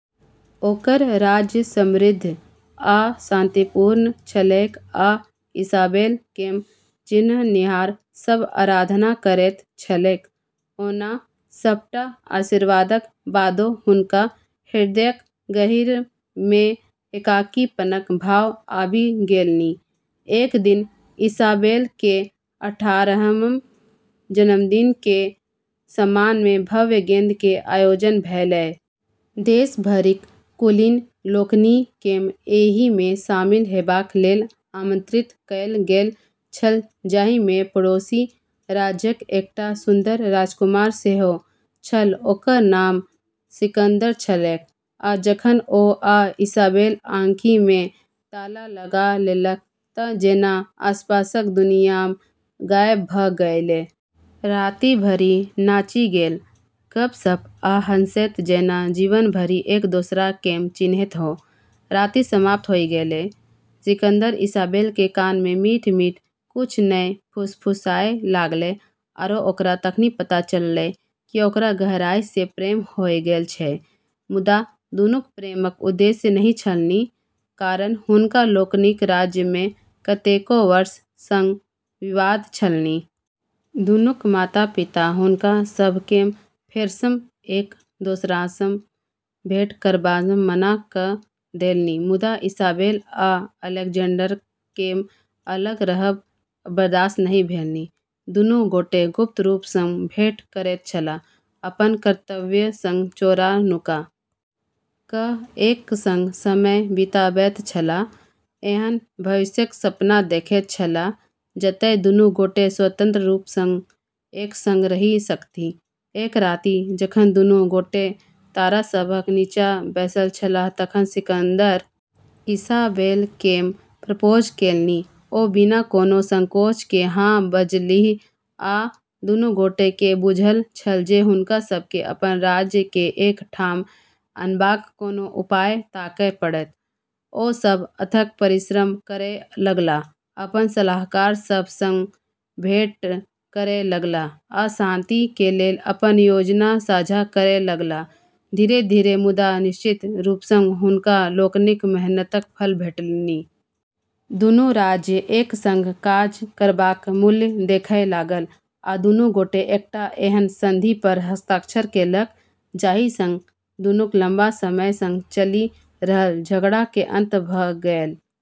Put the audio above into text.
ओकर राज्य समृद्ध आ शांतिपूर्ण छलैक आ इसाबेल केँ चिन्हनिहार सब आराधना करैत छलैक ओना सभटा आशीर्वादक बादो हुनका हृदयक गहींर मे एकाकीपनक भाव आबि गेलनि। एक दिन इसाबेल के अठारहम जन्मदिन के सम्मान में भव्य गेंद के आयोजन भेलै। देश भरिक कुलीन लोकनि केँ एहि मे शामिल हेबाक लेल आमंत्रित कयल गेल छल जाहि मे पड़ोसी राज्यक एकटा सुन्दर राजकुमार सेहो छल ओकर नाम सिकंदर छलैक आ जखन ओ आ इसाबेल आँखि मे ताला लगा लेलक तऽ जेना आसपासक दुनियाँ गायब भ गेलै। राति भरि नाचि गेल, गप्प-सप्प आ हँसैत जेना जीवन भरि एक दोसरा केँ चिन्हैत हो, राति समाप्त होइत गेलै, सिकंदर इसाबेल के कान में मीठऽ-मीठऽ कुछ नै फुसफुसाय लागलै आरो ओकरा तखनी पता चललै कि ओकरा गहराई सें प्रेम होय गेलऽ छै, मुदा दुनूक प्रेमक उद्देश्य नहि छलनि, कारण हुनका लोकनिक राज्य मे कतेको वर्ष सँ विवाद छलनि। दुनूक माता-पिता हुनका सभकेँ फेरसँ एक दोसरासँ भेंट करबासँ मना कऽ देलनि मुदा इसाबेल आ अलेक्जेंडरकेँ अलग रहब बर्दाश्त नहि भेलनि। दुनू गोटे गुप्त रूप सँ भेंट करैत छलाह, अपन कर्तव्य सँ चोरा-नुका क एक संग समय बिताबैत छलाह, एहन भविष्यक सपना देखैत छलाह जतय दुनू गोटे स्वतंत्र रूप सँ एक संग रहि सकथि, एक राति जखन दुनू गोटे तारा सभक नीचा बैसल छलाह तखन सिकंदर इसाबेल केँ प्रपोज केलनि ओ बिना कोनो संकोच के हाँ बजलीह आ दुनू गोटे के बुझल छल जे हुनका सब के अपन राज्य के एक ठाम अनबाक कोनो उपाय ताकय पड़त, ओ सभ अथक परिश्रम करय लगलाह, अपन सलाहकार सभ सं भेंट करय लगलाह आ शांति के लेल अपन योजना साझा करय लगलाह, धीरे-धीरे मुदा निश्चित रूपसँ हुनका लोकनिक मेहनतक फल भेटलनि। दुनू राज्य एक संग काज करबाक मूल्य देखय लागल आ दुनू गोटे एकटा एहन संधि पर हस्ताक्षर केलक जाहि सँ दुनूक लंबा समय सँ चलि रहल झगड़ा के अंत भ गेल।